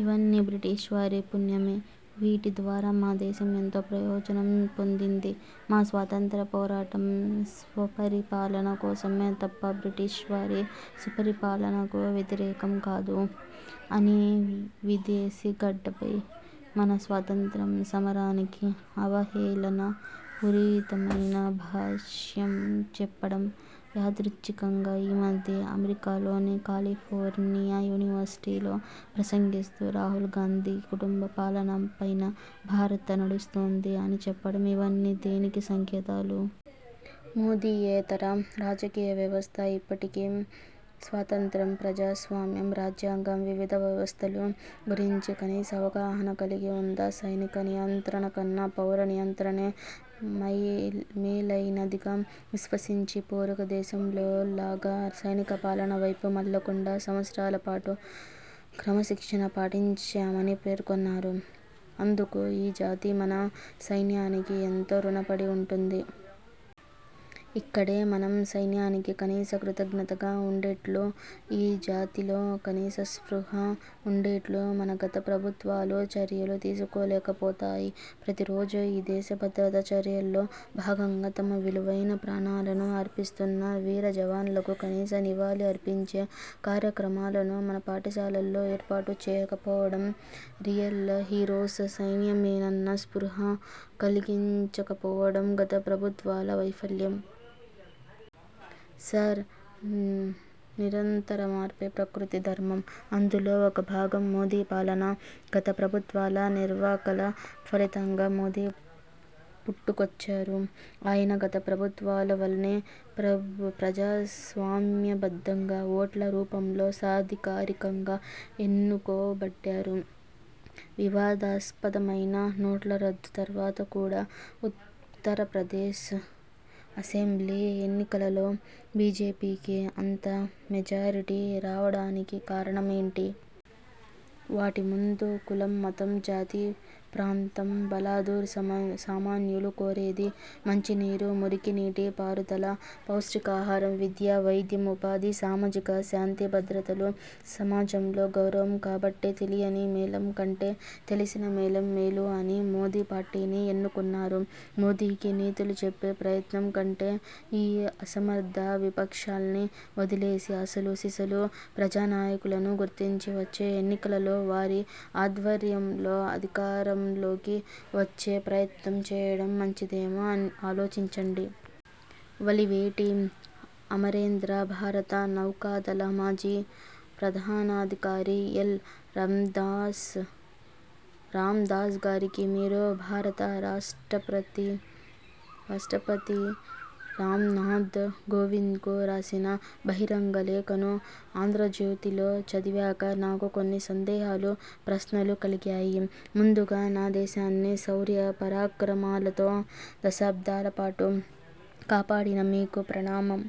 ఇవన్నీ బ్రిటిష్ వారి పుణ్యమే. వీటి ద్వారా మా దేశం ఎంతో ప్రయోజనం పొందింది. మా స్వాతంత్ర్య పోరాటం స్వపరిపాలన కోసమే తప్ప బ్రిటిష్వారి సుపరిపాలనకు వ్యతిరేకం కాదు'' అని విదేశీగడ్డపై మన స్వాతంత్ర్య సమరానికి అవహేళన పూరితమైన భాష్యం చెప్పడం, యాదృచ్ఛికంగా ఈమధ్యే అమెరికాలోని కాలిఫోర్నియా యూనివర్సిటీలో ప్రసంగిస్తూ రాహుల్ గాంధీ కుటుంబపాలన పైనే భారత్ నడుస్తోంది అని చెప్పడం ఇవన్నీ దేనికి సంకేతాలు? మోదీయేతర రాజకీయవ్యవస్థ ఇప్పటికీ స్వాతంత్య్రం, ప్రజాస్వామ్యం, రాజ్యాంగం, వివిధ వ్యవస్థలు గురించి కనీస అవగాహన కలిగి ఉందా? సైనిక నియంత్రణకన్నా పౌర నియంత్రణే మేలైనదిగా విశ్వసించి పొరుగు దేశంలోలాగా సైనిక పాలన వైపు మళ్లకుండా సంవత్సరాలపాటు క్రమశిక్షణ పాటించామని పేర్కొన్నారు. అందుకు ఈ జాతి మన సైన్యానికి ఎంతో రుణపడి ఉంటుంది. ఇక్కడే మన సైన్యానికి కనీస కృతజ్ఞతగా ఉండేట్లు ఈ జాతిలో కనీస స్పృహ ఉండేట్లు మన గత ప్రభుత్వాలు చర్యలు తీసుకోలేకపోయాయి. ప్రతి రోజూ ఈ దేశ భద్రత చర్యల్లో భాగంగా తమ విలువైన ప్రాణాలను అర్పిస్తున్న వీర జవాన్లకు కనీస నివాళి అర్పించే కార్యక్రమాలను మన పాఠశాలల్లో ఏర్పాటు చేయకపోవడం, రియల్ హీరోస్ సైన్యమేనన్న స్పృహ కలిగించకపోవడం గత ప్రభుత్వాల వైఫల్యం. సర్, నిరంతర మార్పే ప్రకృతి ధర్మం. అందులో ఒక భాగం మోదీ పాలన. గత ప్రభుత్వాల నిర్వాకాల ఫలితంగా మోదీ పుట్టుకొచ్చారు. ఆయన గత ప్రభుత్వాలు వలెనే ప్రజాస్వామ్యబద్ధంగా ఓట్ల రూపంలో సాధికారికంగా ఎన్నుకో బడ్డారు. వివాదాస్పదమైన నోట్లరద్దు తర్వాత కూడా ఉత్తరప్రదేశ్ అసెంబ్లీ ఎన్నికలలో బీజేపీకి అంత మెజారిటీ రావడానికి కారణమేంటి? వాటి ముందు కులం, మతం, జాతి, ప్రాంతం బలాదూర్. సామాన్యులు కోరేది మంచినీరు, మురికినీటి పారుదల, పౌష్టికాహారం, విద్య, వైద్యం, ఉపాధి, సామాజిక శాంతి భద్రతలు, సమాజంలో గౌరవం. కాబట్టే తెలియని మేళం కంటే తెలిసిన మేళం మేలు అని మోదీ పార్టీని ఎన్నుకున్నారు. మోదీకి నీతులు చెప్పే ప్రయత్నం కంటే ఈ అసమర్థ విపక్షాల్ని వదిలేసి అసలు సిసలు ప్రజానాయకులను గుర్తించి వచ్చే ఎన్నికలలో వారి ఆధ్వర్యంలో అధికారంలోకి వచ్చే ప్రయత్నం చేయడం మంచిదేమో, ఆలోచించండి. వలివేటి అమరేంద్ర భారత నౌకాదళ మాజీ ప్రధానాధికారి ఎల్. రామ్దాస్ గారికి, మీరు భారత రాష్ట్రపతి రామ్నాథ్ కోవింద్కు రాసిన బహిరంగ లేఖను ఆంధ్రజ్యోతిలో చదివాక నాకు కొన్ని సందేహాలు, ప్రశ్నలు కలిగాయి. ముందుగా నా దేశాన్ని శౌర్య పరాక్రమాలతో దశాబ్దాలపాటు కాపాడిన మీకు ప్రణామం.